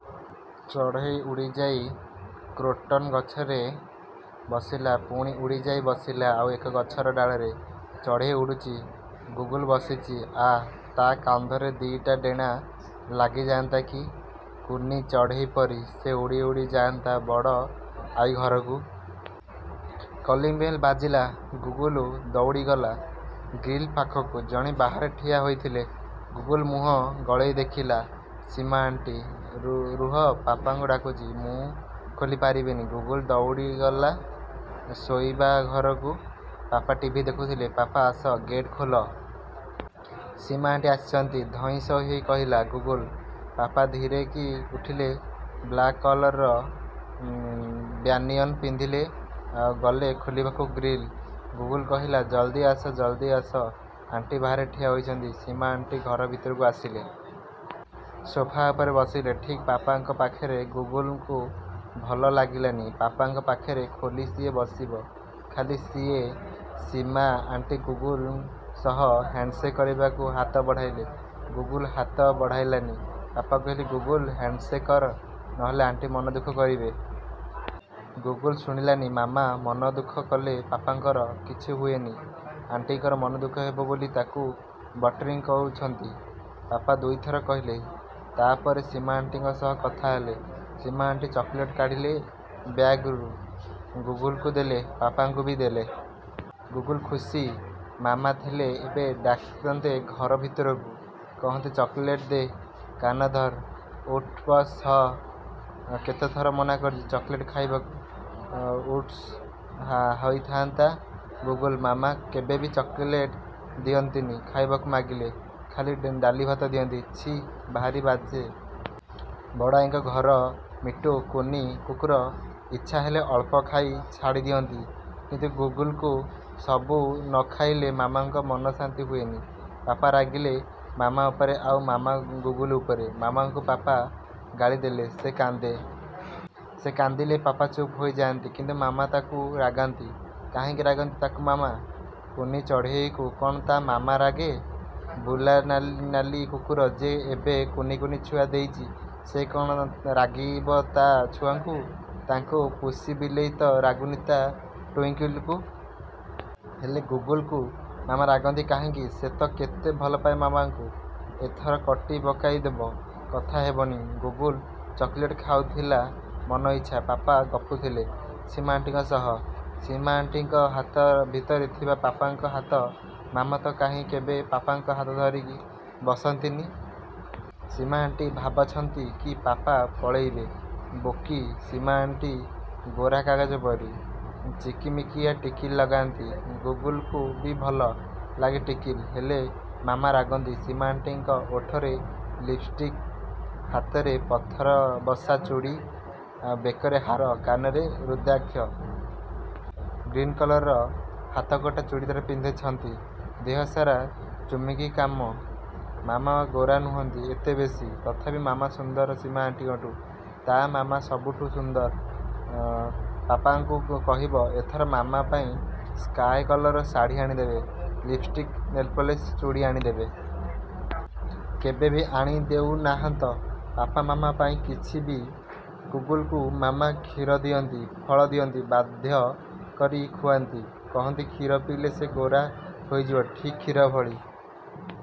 ଚଢ଼େଇ ଉଡ଼ିଯାଇ କ୍ରୋଟନ୍ ଗଛରେ ବସିଲା, ପୁଣି ଉଡ଼ିଯାଇ ବସିଲା ଆଉ ଏକ ଗଛର ଡାଳରେ। ଚଢ଼େଇ ଉଡ଼ୁଛି। ଗୁଗୁଲୁ ବସିଛି। ଆଃ.. ତା' କାନ୍ଧରେ ଦି'ଟା ଡେଣା ଲାଗିଯା'ନ୍ତା କି କୁନି ଚଢ଼େଇ ପରି। ସେ ଉଡ଼ି ଉଡ଼ି ଯା'ନ୍ତା ବଡ଼ ଆଈ ଘରକୁ। କଲିଂବେଲ ବାଜିଲା। ଗୁଗୁଲୁ ଦଉଡ଼ିଗଲା ଗ୍ରୀଲ ପାଖକୁ। ଜଣେ ବାହାରେ ଠିଆ ହୋଇଥିଲେ। ଗୁଗୁଲୁ ମୁହଁ ଗଳେଇ ଦେଖିଲା। ସୀମା ଆଣ୍ଟି। ''ରୁହ ପାପାଙ୍କୁ ଡାକୁଚି। ମୁଁ ଖୋଲି ପାରିବିନି। '' ଗୁଗୁଲୁ ଦଉଡ଼ିଲା ଶୋଇବା ଘରକୁ। ପାପା ଟିଭି ଦେଖୁଥିଲେ। ''ପାପା ଆସ। ଗେଟ୍ ଖୋଲ। ସୀମା ଆଣ୍ଟି ଆସିଛନ୍ତି। '' ଧଇଁସଇଁ ହୋଇ କହିଲା ଗୁଗୁଲୁ। ପାପା ଧୀରେ କି ଉଠିଲେ ବ୍ଲାକ୍ କଲର ବ୍ୟାନିୟନ୍ ପିନ୍ଧିଲେ। ଗଲେ ଖୋଲିବାକୁ ଗ୍ରୀଲ। ଗୁଗୁଲୁ କହିଲା,''ଜଲ୍ଦି ଆସ, ଜଲ୍ଦି ଆସ। ଆଣ୍ଟି ବାହାରେ ଠିଆ ହୋଇଛନ୍ତି। '' ସୀମା ଆଣ୍ଟି ଘର ଭିତରକୁ ଆସିଲେ। ସୋଫା ଉପରେ ବସିଲେ, ଠିକ୍ ପାପାଙ୍କ ପାଖରେ। ଗୁଗୁଲୁକୁ ଭଲ ଲାଗିଲାନି। ପାପାଙ୍କ ପାଖରେ ଖାଲି ସିଏ ବସିବ। ଖାଲି ସିଏ। ସୀମା ଆଣ୍ଟି ଗୁଗୁଲୁ ସହ ହ୍ୟାଣ୍ଡସେକ୍ କରିବାକୁ ହାତ ବଢ଼ାଇଲେ। ଗୁଗୁଲୁ ହାତ ବଢ଼ାଇଲାନି। ପାପା କହିଲେ,''ଗୁଗୁଲୁ, ହ୍ୟାଣ୍ଡସେକ୍ କର। ନ ହେଲେ ଆଣ୍ଟି ମନ ଦୁଃଖ କରିବେ। '' ଗୁଗୁଲୁ ଶୁଣିଲାନି। ମାମା ମନଦୁଃଖ କଲେ ପାପାଙ୍କର କିଛି ହୁଏନି। ଆଣ୍ଟିଙ୍କର ମନଦୁଃଖ ହେବ ବୋଲି ତାକୁ ବଟରିଂ କରୁଛନ୍ତି। ପାପା ଦୁଇଥର କହିଲେ। ତା'ପରେ ସୀମା ଆଣ୍ଟିଙ୍କ ସହ କଥା ହେଲେ। ସୀମା ଆଣ୍ଟି ଚକୋଲେଟ୍ କାଢ଼ିଲେ ବ୍ୟାଗ୍ରୁ। ଗୁଗୁଲୁକୁ ଦେଲେ। ପାପାଙ୍କୁ ବି ଦେଲେ। ଗୁଗୁଲୁ ଖୁସି। ମାମା ଥିଲେ ଏବେ ଡାକନ୍ତେ ଘର ଭିତରକୁ। କହନ୍ତେ,''ଚକୋଲେଟ୍ ଦେ। କାନ ଧର। ଉଠ୍ବସ୍ ହ'। କେତେଥର ମନାକରିଛି, ଚକଲେଟ୍ ଖାଇବାକୁ। '' ଉଠ୍ବସ୍ ହୋଇଥାନ୍ତା ଗୁଗୁଲୁ। ମାମା କେବେବି ଚକୋଲେଟ୍ ଦିଅନ୍ତିନି। ଖାଇବାକୁ ମାଗିଲେ ଖାଲି ଡାଲିଭାତ ଦିଅନ୍ତି। ଛି.. ଭାରି ବାଜେ। ବଡ଼ ଆଈଙ୍କ ଘର ମିଟୁ, କୁନି କୁକୁର ଇଚ୍ଛା ହେଲେ ଅଳ୍ପ ଖାଇ ଛାଡ଼ି ଦିଅନ୍ତି। କିନ୍ତୁ ଗୁଗୁଲୁକୁ ସବୁ ନ ଖୋଇଲେ ମାମାଙ୍କ ମନ ଶାନ୍ତି ହୁଏନି। ପାପା ରାଗିବେ ମାମା ଉପରେ ଆଉ ମାମା ଗୁଗୁଲୁ ଉପରେ। ମାମାଙ୍କୁ ପାପା। ଗାଳି ଦେଲେ ସେ କାନ୍ଦେ। ସେ କାନ୍ଦିଲେ ପାପା ଚୁପ୍ ହୋଇଯା'ନ୍ତି। କିନ୍ତୁ ମାମା ତାକୁ ରାଗନ୍ତି। କାହିଁକି ରାଗନ୍ତି ତାକୁ ମାମା? କୁନି ଚଢ଼େଇକୁ କ'ଣ ତା'ମାମା ରାଗେ? ବୁଲା ନାଲି କୁକୁର ଯେ ଏବେ କୁନି କୁନି ଛୁଆ ଦେଇଛି। ସେ କ'ଣ ରାଗିବ ତା' ଛୁଆଙ୍କୁ? ତାଙ୍କ ପୁଷି ବିଲେଇ ତ ରାଗୁନି ତା' ଟ୍ୱିଙ୍କିଲ୍କୁ? ହେଲେ ଗୁଗୁଲୁକୁ ମାମା ରାଗନ୍ତି କାହିଁକି? ସେ ତ କେତେ ଭଲ ପାଏ ମାମାଙ୍କୁ। ଏଥର କଟି ପକାଇ ଦେବ। କଥା ହେବନି। ଗୁଗୁଲୁ ଚକୋଲେଟ୍ ଖାଉଥିଲା ମନଇଚ୍ଛା। ପାପା ଗପୁଥିଲେ ସୀମାଆଣ୍ଟିଙ୍କ ସହ। ସୀମା ଆଣ୍ଟିଙ୍କ ହାତ ଭିତରେ ଥିଲା ପାପାଙ୍କ ହାତ। ମାମା ତ କାହିଁ କେବେ ପାପାଙ୍କ ହାତ ଧରିକି ବସନ୍ତିନି! ସୀମା ଆଣ୍ଟି ଭାବଛନ୍ତି କି ପାପା ପଳେଇବେ। ବୋକି। ସୀମା ଆଣ୍ଟି ଗୋରା କାଗଜ ପରି। ଚିକିମିକିଆ ଟିକିଲି ଲଗାନ୍ତି। ଗୁଗୁଲୁକୁ ବି ଭଲ। ଲାଗେ ଟିକିଲି। ହେଲେ ମାମା ରାଗନ୍ତି। ସୀମା ଆଣ୍ଟିଙ୍କ ଓଠରେ ଲିପ୍ଷ୍ଟିକ୍। ହାତରେ ପଥରବସା ଚୂଡ଼ି। ବେକରେ ହାର। କାନରେ ରୁଦ୍ରାକ୍ଷ। ଗ୍ରୀନ୍ କଲର ହାତକଟା ଚୂଡ଼ିଦାର ପିନ୍ଧିଛନ୍ତି, ଦେହସାରା ଚୁମୁକି କାମ। ମାମା ଗୋରା ନୁହଁନ୍ତି ଏତେ ବେଶୀ। ତଥାପି ମାମା ସୁନ୍ଦର ସୀମା ଆଣ୍ଟିଙ୍କଠୁ। ତା'ମାମା ସବୁଠୁ ସୁନ୍ଦର। ପାପାଙ୍କୁ କହିବ ଏଥର ମାମା ପାଇଁ ସ୍କାଏ କଲରର ଶାଢ଼ୀ ଆଣିଦେବେ। ଲିପ୍ଷ୍ଟିକ୍, ନେଲପଲିସ୍, ଚୂଡ଼ି ଆଣିଦେବେ। କେବେବି ଆଣି ଦେଉ ନାହାଁନ୍ତ ପାପା ମାମା ପାଇଁ କିଛି ବି। ଗୁଗୁଲୁକୁ ମାମା କ୍ଷୀର ଦିଅନ୍ତି, ଫଳ ଦିଅନ୍ତି। ବାଧ୍ୟ କରି ଖୁଆନ୍ତି। କହନ୍ତି କ୍ଷୀର ପିଇଲେ ସେ ଗୋରା ହୋଇଯିବ ଠିକ୍ କ୍ଷୀର ଭଳି।